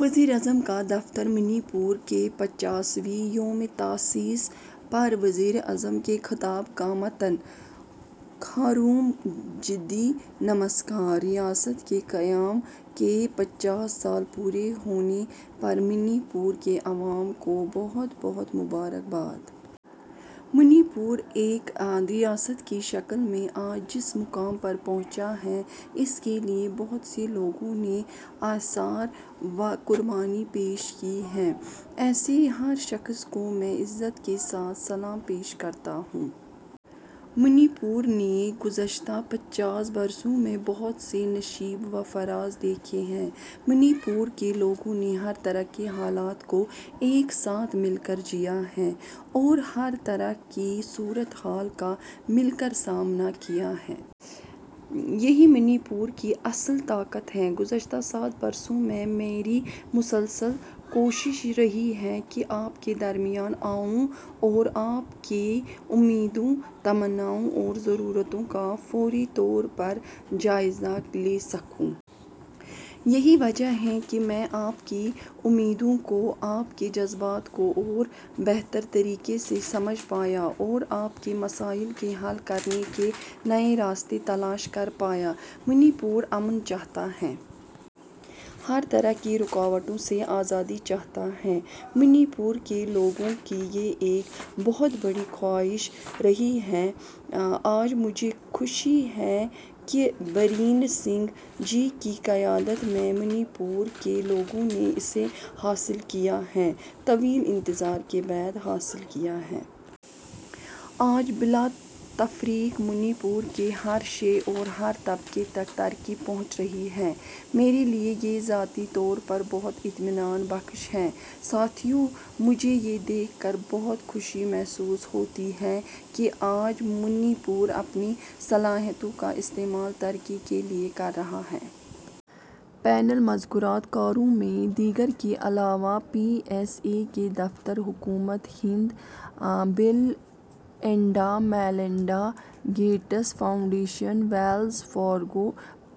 وزیراعظم کا دفتر: منی پور کے پچاسویں یومِ تاسیس پر وزیر اعظم کے خطاب کا متن۔ کُھروم جَری! نمسکار! ریاست کے قیام کے پچاس سال پورے ہونے پر منی پور کے عوام کو بہت بہت مبارک باد! منی پور ایک ریاست کی شکل میں آج جس مقام پر پہنچا ہے، اس کے لیے بہت سے لوگوں نے ایثار و قربانی پیش کی ہے۔ ایسے ہر شخص کو میں عزت کے ساتھ سلام پیش کرتا ہوں۔ منی پور نے گزشتہ پچاس برسوں میں بہت سے نشیب و فراز دیکھے ہیں۔ منی پور کے لوگوں نے ہر طرح کے حالات کو ایک ساتھ مل کر جیا ہے اور ہر طرح کی صورتِ حال کا مل کر سامنا کیا ہے۔ یہی منی پور کی اصل طاقت ہے۔ گزشتہ سات برسوں میں میری مسلسل کوشش رہی ہے کہ آپ کے درمیان آؤں اور آپ کی امیدوں، تمناؤں اور ضرورتوں کا فوری طور پر جائزہ لے سکوں۔ یہی وجہ ہے کہ میں آپ کی امیدوں کو، آپ کے جذبات کو اور بہتر طریقے سے سمجھ پایا اور آپ کے مسائل کے حل کرنے کے نئے راستے تلاش کر پایا۔ منی پور امن چاہتا ہے۔ ہر طرح کی رکاوٹوں سے آزادی چاہتا ہے۔ منی پور کے لوگوں کی یہ ایک بہت بڑی خواہش رہی ہے۔ آج مجھے خوشی ہے کہ بیرین سنگھ جی کی قیادت میں منی پور کے لوگوں نے اسے حاصل کیا ہے، طویل انتظار کے بعد حاصل کیا ہے۔ آج بلا تفریق منی پور کے ہر شعبے اور ہر طبقے تک ترقی پہنچ رہی ہے۔ میرے لیے یہ ذاتی طور پر بہت اطمینان بخش ہے۔ ساتھیو، مجھے یہ دیکھ کر بہت خوشی محسوس ہوتی ہے کہ آج منی پور اپنی صلاحیتوں کا استعمال ترقی کے لیے کر رہا ہے۔ پینل مذاکرات کاروں میں، دیگر کے علاوہ، پی ایس اے کے دفتر، حکومتِ ہند، Bill and Melinda Gates Foundation, Wells Fargo,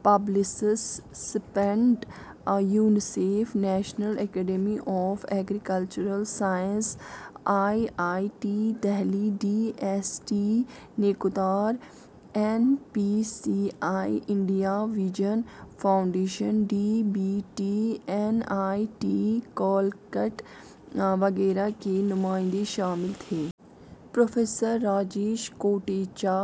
Publicis Sapient, UNICEF, National Academy of Agricultural Sciences, I I T Delhi, D S T, NECTAR, N P C I, India Vision Foundation, D B T, N I T Calicut وغیرہ کے نمائندے شامل تھے۔ Professor Rajesh Kotecha,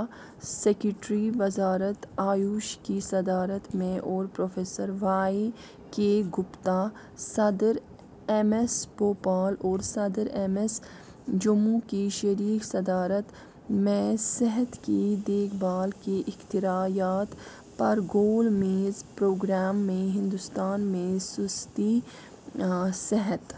secretary, وزارتِ آیوش کی صدارت میں، اور پروفیسر وائی کے گپتا، صدر، ایمس بھوپال اور صدر ایمس جموں کی شریک صدارت میں ''صحت کی دیکھ بھال کی اختراعات'' پر گول میز پروگرام میں ہندوستان میں سستی صحت